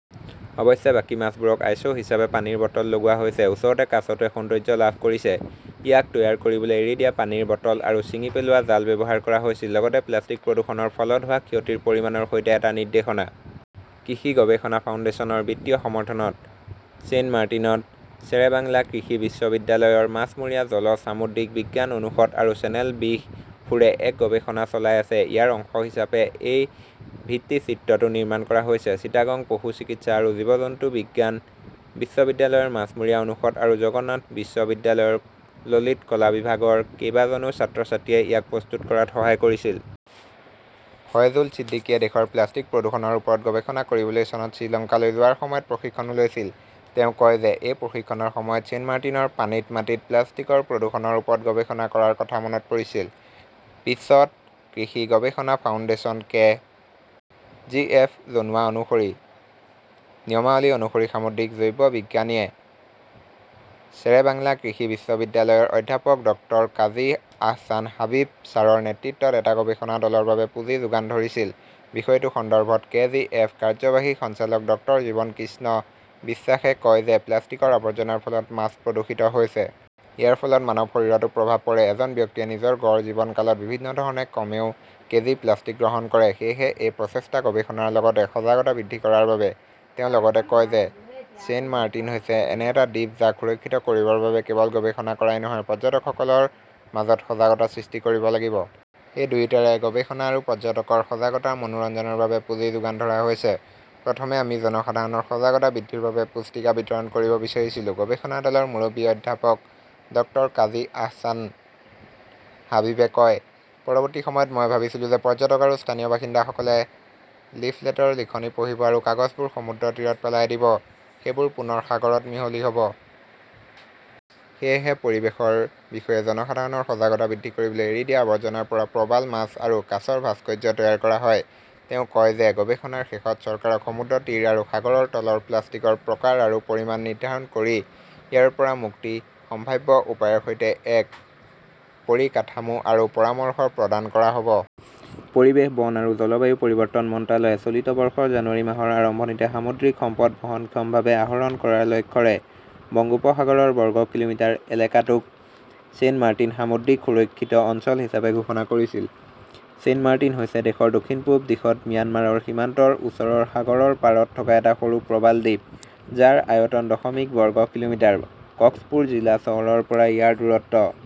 অৱশ্যে, বাকী মাছবোৰক আইশ্ব হিচাপে পানীৰ বটল লগোৱা হৈছে। ওচৰতে কাছটোৱে সৌন্দৰ্য্য লাভ কৰিছে। ইয়াক তৈয়াৰ কৰিবলৈ এৰি দিয়া পানীৰ বটল আৰু ছিঙি পেলোৱা জাল ব্যৱহাৰ কৰা হৈছিল। লগতে প্লাষ্টিক প্ৰদূষণৰ ফলত হোৱা ক্ষতিৰ পৰিমাণৰ সৈতে এটা নিৰ্দেশনা। কৃষি গৱেষণা ফাউণ্ডেশ্যন ৰ বিত্তীয় সমৰ্থনত ছেইণ্টমাৰ্টিনত শ্বেৰেবাংলা কৃষি বিশ্ববিদ্যালয়ৰ মাছমৰীয়া, জলজ, সামুদ্ৰিক বিজ্ঞান অনুষদ আৰু চেনেল বিশ ফোৰে এক গৱেষণা চলাই আছে। ইয়াৰ অংশ হিচাপে এই ভিত্তিচিত্ৰটো নিৰ্মাণ কৰা হৈছে। চিটাগং পশুচিকিৎসা আৰু জীৱ-জন্তু বিজ্ঞান বিশ্ববিদ্যালয়ৰ মাছমৰীয়া অনুষদ আৰু জগন্নাথ বিশ্ববিদ্যালয়ৰ ললিত কলা বিভাগৰ কেইবাজনো ছাত্ৰ-ছাত্ৰীয়ে ইয়াক প্ৰস্তুত কৰাত সহযোগিতা কৰিছিল। ফয়জুল ছিদ্দিকীয়ে দেশৰ প্লাষ্টিক প্ৰদূষণৰ ওপৰত গৱেষণা কৰিবলৈ চনত শ্ৰীলংকালৈ যোৱাৰ সময়ত প্ৰশিক্ষণও লৈছিল। তেওঁ কয় যে এই প্ৰশিক্ষণৰ সময়ত ছেইণ্টমাৰ্টিনৰ পানীত-মাটিত প্লাষ্টিকৰ প্ৰদূষণৰ ওপৰত গৱেষণা কৰাৰ কথা মনত পৰিছিল। পিছত কৃষি গৱেষণা ফাউণ্ডেশ্যন কে. জি. এফ. জনোৱা অনুসৰি, নিয়মাৱলী অনুসৰি সামুদ্ৰিক জৈৱবিজ্ঞানীয়ে শ্বেৰেবাংলা কৃষি বিশ্ববিদ্যালয়ৰ অধ্যাপক ডক্টৰকাজী আহছান হাবিব ছাৰৰ নেতৃত্বত এটা গৱেষণা দলৰ বাবে পুঁজি যোগান ধৰিছিল। বিষয়টো সন্দৰ্ভত কে. জি. এফ. কাৰ্যবাহী সঞ্চালক ডক্টৰ জীৱন কৃষ্ণ বিশ্বাসে কয় যে প্লাষ্টিকৰ আৱৰ্জনাৰ ফলত মাছ প্ৰদূষিত হৈছে। ইয়াৰ ফলত মানৱ শৰীৰতো প্ৰভাৱ পৰে। এজন ব্যক্তিয়ে নিজৰ গড় জীৱনকালত বিভিন্ন ধৰণে কমেও কেজি প্লাষ্টিক গ্ৰহণ কৰে। সেয়েহে এই প্ৰচেষ্টা গৱেষণাৰ লগতে সজাগতা বৃদ্ধি কৰাৰ বাবে। তেওঁ লগতে কয় যে ছেইণ্টমাৰ্টিন হৈছে এনে এটা দ্বীপ যাক সুৰক্ষিত কৰিবৰ বাবে কেৱল গৱেষণা কৰাই নহয়, পৰ্যটকসকলৰ মাজত সজাগতা সৃষ্টি কৰিব লাগিব। এই দুয়োটাৰে গৱেষণা আৰু পৰ্যটকৰ সজাগতাৰ মনোৰঞ্জনৰ বাবে পুঁজি যোগান ধৰা হৈছে। প্ৰথমে আমি জনসাধাৰণৰ সজাগতা বৃদ্ধিৰ বাবে পুস্তিকা বিতৰণ কৰিব বিচাৰিছিলো, গৱেষণা দলৰ মুৰব্বী অধ্যাপক ডক্টৰ কাজী আহছান হাবিবে কয়। পৰৱৰ্তী সময়ত, মই ভাবিছিলো যে পৰ্যটক আৰু স্থানীয় বাসিন্দাসকলে লিফলেটৰ লিখনি পঢ়িব আৰু কাগজবোৰ সমুদ্ৰতীৰত পেলাই দিব, সেইবোৰ পুনৰ সাগৰত মিহলি হ 'ব। সেয়েহে পৰিৱেশৰ বিষয়ে জনসাধাৰণৰ সজাগতা বৃদ্ধি কৰিবলৈ এৰি দিয়া আৱৰ্জনাৰ পৰা প্ৰবাল মাছ আৰু কাছৰ ভাস্কৰ্য তৈয়াৰ কৰা হয়। তেওঁ কয় যে গৱেষণাৰ শেষত, চৰকাৰক সমুদ্ৰতীৰ আৰু সাগৰৰ তলৰ প্লাষ্টিকৰ প্ৰকাৰ আৰু পৰিমাণ নিৰ্ধাৰণ কৰি ইয়াৰ পৰা মুক্তিৰ সম্ভাৱ্য উপায়ৰ সৈতে এক পৰিকাঠামো আৰু পৰামৰ্শ প্ৰদান কৰা হ 'ব। পৰিৱেশ, বন আৰু জলবায়ু পৰিৱৰ্তন মন্ত্ৰালয়ে চলিত বৰ্ষৰ জানুৱাৰী মাহৰ আৰম্ভণিতে সামুদ্ৰিক সম্পদ বহনক্ষমভাৱে আহৰণ কৰাৰ লক্ষ্যৰে বংগোপসাগৰৰ বৰ্গ কিলোমিটাৰ এলেকাটোক ছেইণ্টমাৰ্টিন সামুদ্ৰিক সুৰক্ষিত অঞ্চল হিচাপে ঘোষণা কৰিছিল। ছেইণ্ট মাৰ্টিন হৈছে দেশৰ দক্ষিণ-পূব দিশত ম্যানমাৰৰ সীমান্তৰ ওচৰৰ সাগৰৰ পাৰত থকা এটা সৰু প্ৰবাল দ্বীপ, যাৰ আয়তন দশমিক বৰ্গ কিলোমিটাৰ। কক্সপুৰ জিলা চহৰৰ পৰা ইয়াৰ দূৰত্ব